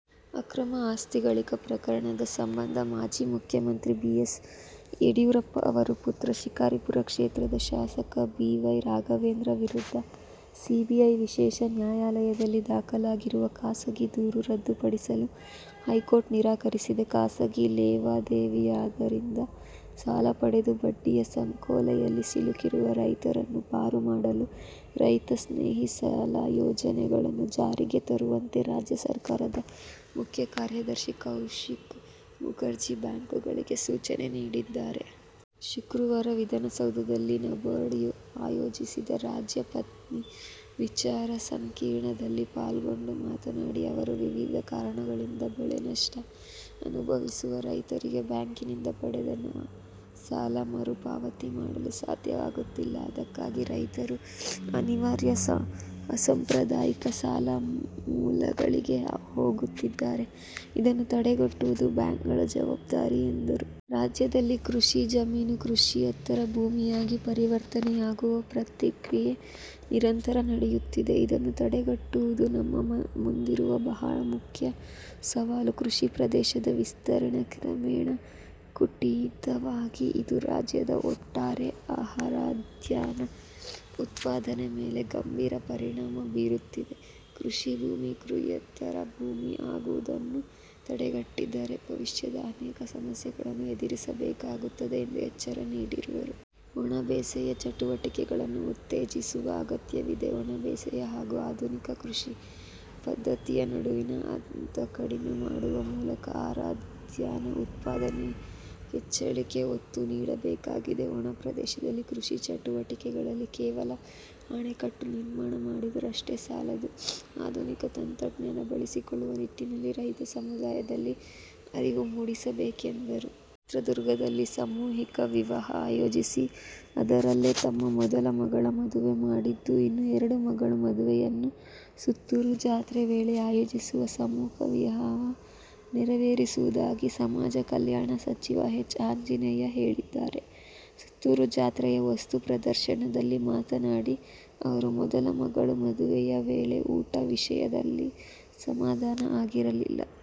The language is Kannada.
ಅಕ್ರಮ ಆಸ್ತಿ ಗಳಿಕೆ ಪ್ರಕರಣ ಸಂಬಂಧ ಮಾಜಿ ಮುಖ್ಯಮಂತ್ರಿ ಬಿ. ಎಸ್. ಯಡಿಯೂರಪ್ಪ ಅವರ ಪುತ್ರ, ಶಿಕಾರಿಪುರ ಕ್ಷೇತ್ರದ ಶಾಸಕ ಬಿ. ವೈ. ರಾಘವೇಂದ್ರ ವಿರುದ್ಧ ಸಿಬಿಐ ವಿಶೇಷ ನ್ಯಾಯಾಲಯದಲ್ಲಿ ದಾಖಲಾಗಿರುವ ಖಾಸಗಿ ದೂರು ರದ್ದುಪಡಿಸಲು ಹೈಕೋರ್ಟ್ ನಿರಾಕರಿಸಿದೆ. ಖಾಸಗಿ ಲೇವಾದೇವಿದಾರರಿಂದ ಸಾಲ ಪಡೆದು ಬಡ್ಡಿಯ ಸಂಕೋಲೆಯಲ್ಲಿ ಸಿಲುಕಿರುವ ರೈತರನ್ನು ಪಾರು ಮಾಡಲು ರೈತಸ್ನೇಹಿ ಸಾಲ ಯೋಜನೆಗಳನ್ನು ಜಾರಿಗೆ ತರುವಂತೆ ರಾಜ್ಯ ಸರ್ಕಾರದ ಮುಖ್ಯ ಕಾರ್ಯದರ್ಶಿ ಕೌಶಿಕ್ ಮುಖರ್ಜಿ ಬ್ಯಾಂಕುಗಳಿಗೆ ಸೂಚನೆ ನೀಡಿದ್ದಾರೆ. ಶುಕ್ರವಾರ ವಿಧಾನಸೌಧಲ್ಲಿ ನಬಾರ್ಡ್ ಆಯೋಜಿಸಿದ್ದ ''''''ರಾಜ್ಯ ಪತ್ತಿನ ವಿಚಾರಸಂಕಿರಣ''ದಲ್ಲಿ ಪಾಲ್ಗೊಂಡು ಮಾತನಾಡಿದ ಅವರು, ವಿವಿಧ ಕಾರಣಗಳಿಂದ ಬೆಳೆ ನಷ್ಟ ಅನುಭವಿಸುವ ರೈತರಿಗೆ ಬ್ಯಾಂಕಿನಿಂದ ಪಡೆದ ಸಾಲ ಮರುಪಾವತಿ ಮಾಡಲು ಸಾಧ್ಯವಾಗುತ್ತಿಲ್ಲ. ಅದಕ್ಕಾಗಿ ರೈತರು ಅನಿವಾರ್ಯವಾಗಿ ಅಸಂಪ್ರದಾಯಿಕ ಸಾಲ ಮೂಲಗಳಿಗೆ ಹೋಗುತ್ತಿದ್ದಾರೆ. ಇದನ್ನು ತಡೆಗಟ್ಟುವುದು ಬ್ಯಾಂಕುಗಳ ಜವಾಬ್ದಾರಿ ಎಂದರು. ರಾಜ್ಯದಲ್ಲಿ ಕೃಷಿ ಜಮೀನು ಕೃಷಿಯೇತರ ಭೂಮಿಯಾಗಿ ಪರಿವರ್ತನೆಯಾಗುವ ಪ್ರಕ್ರಿಯೆ ನಿರಂತರ ನಡೆಯುತ್ತಿದ್ದು, ಇದನ್ನು ತಡೆಗಟ್ಟುವುದು ನಮ್ಮ ಮುಂದಿರುವ ಬಹುಮಖ್ಯ ಸವಾಲು. ಕೃಷಿ ಪ್ರದೇಶದ ವಿಸ್ತೀರ್ಣ ಕ್ರಮೇಣ ಕುಂಠಿತವಾಗುತ್ತಿದೆ. ಇದು ರಾಜ್ಯದ ಒಟ್ಟಾರೆ ಆಹಾರಧಾನ್ಯ ಉತ್ಪಾದನೆ ಮೇಲೆ ಗಂಭೀರ ಪರಿಣಾಮ ಬೀರುತ್ತಿದೆ. ಕೃಷಿ ಭೂಮಿ ಕೃಷಿಯೇತರ ಭೂಮಿ ಆಗುವುದನ್ನು ತಡೆಗಟ್ಟದಿದ್ದರೆ ಭವಿಷ್ಯದಲ್ಲಿ ಅನೇಕ ಸಮಸ್ಯೆಗಳನ್ನು ಎದುರಿಸಬೇಕಾಗುತ್ತದೆ ಎಂದು ಎಚ್ಚರಿಕೆ ನೀಡಿದರು. ಒಣಬೇಸಾಯ ಚಟುವಟಿಕೆಗಳನ್ನು ಉತ್ತೇಜಿಸುವ ಅಗತ್ಯವಿದೆ. ಒಣಬೇಸಾಯ ಹಾಗೂ ಆಧುನಿಕ ಕೃಷಿ ಪದ್ದತಿಯ ನಡುವಿನ ಅಂತರ ಕಡಿಮೆ ಮಾಡುವ ಮೂಲಕ ಆಹಾರಧಾನ್ಯ ಉತ್ಪಾದನೆ ಹೆಚ್ಚಳಕ್ಕೆ ಒತ್ತು ನೀಡಬೇಕಾಗಿದೆ. ಒಣಪ್ರದೇಶದಲ್ಲಿ ಕೃಷಿ ಚಟುವಟಿಕೆಗಳಿಗೆ ಕೇವಲ ಆಣೆಕಟ್ಟೆ ನಿರ್ಮಾಣ ಮಾಡಿದರಷ್ಟೆ ಸಾಲದು, ಆಧುನಿಕ ತಂತ್ರಜ್ಞಾನ ಬಳಸಿಕೊಳ್ಳುವ ನಿಟ್ಟಿನಲ್ಲಿ ರೈತ ಸಮುದಾಯದಲ್ಲಿ ಅರಿವು ಮೂಡಿಸಬೇಕಾಗಿದೆ ಎಂದರು. ಚಿತ್ರದುರ್ಗದಲ್ಲಿ ಸಾಮೂಹಿಕ ವಿವಾಹ ಆಯೋಜಿಸಿ ಅದರಲ್ಲೆ ತಮ್ಮ ಮೊದಲ ಮಗಳ ಮದುವೆ ಮಾಡಿದ್ದೆ, ಇನ್ನು ಎರಡನೇ ಮಗಳ ಮದುವೆಯನ್ನು ಸುತ್ತೂರು ಜಾತ್ರೆ ವೇಳೆ ಆಯೋಜಿಸುವ ಸಾಮೂಹಿಕ ವಿವಾಹದಲ್ಲಿ ನೆರವೇರಿಸುವುದಾಗಿ ಸಮಾಜ ಕಲ್ಯಾಣ ಸಚಿವ ಎಚ್. ಆಂಜನೇಯ ಹೇಳಿದ್ದಾರೆ. ಸುತ್ತೂರು ಜಾತ್ರೆಯ ವಸ್ತು ಪ್ರದರ್ಶನದಲ್ಲಿ ಮಾತನಾಡಿದ ಅವರು, ಮೊದಲ ಮಗಳ ಮದುವೆ ವೇಳೆ ಊಟದ ವಿಷಯದಲ್ಲಿ ಸಮಾಧಾನ ಆಗಿರಲಿಲ್ಲ.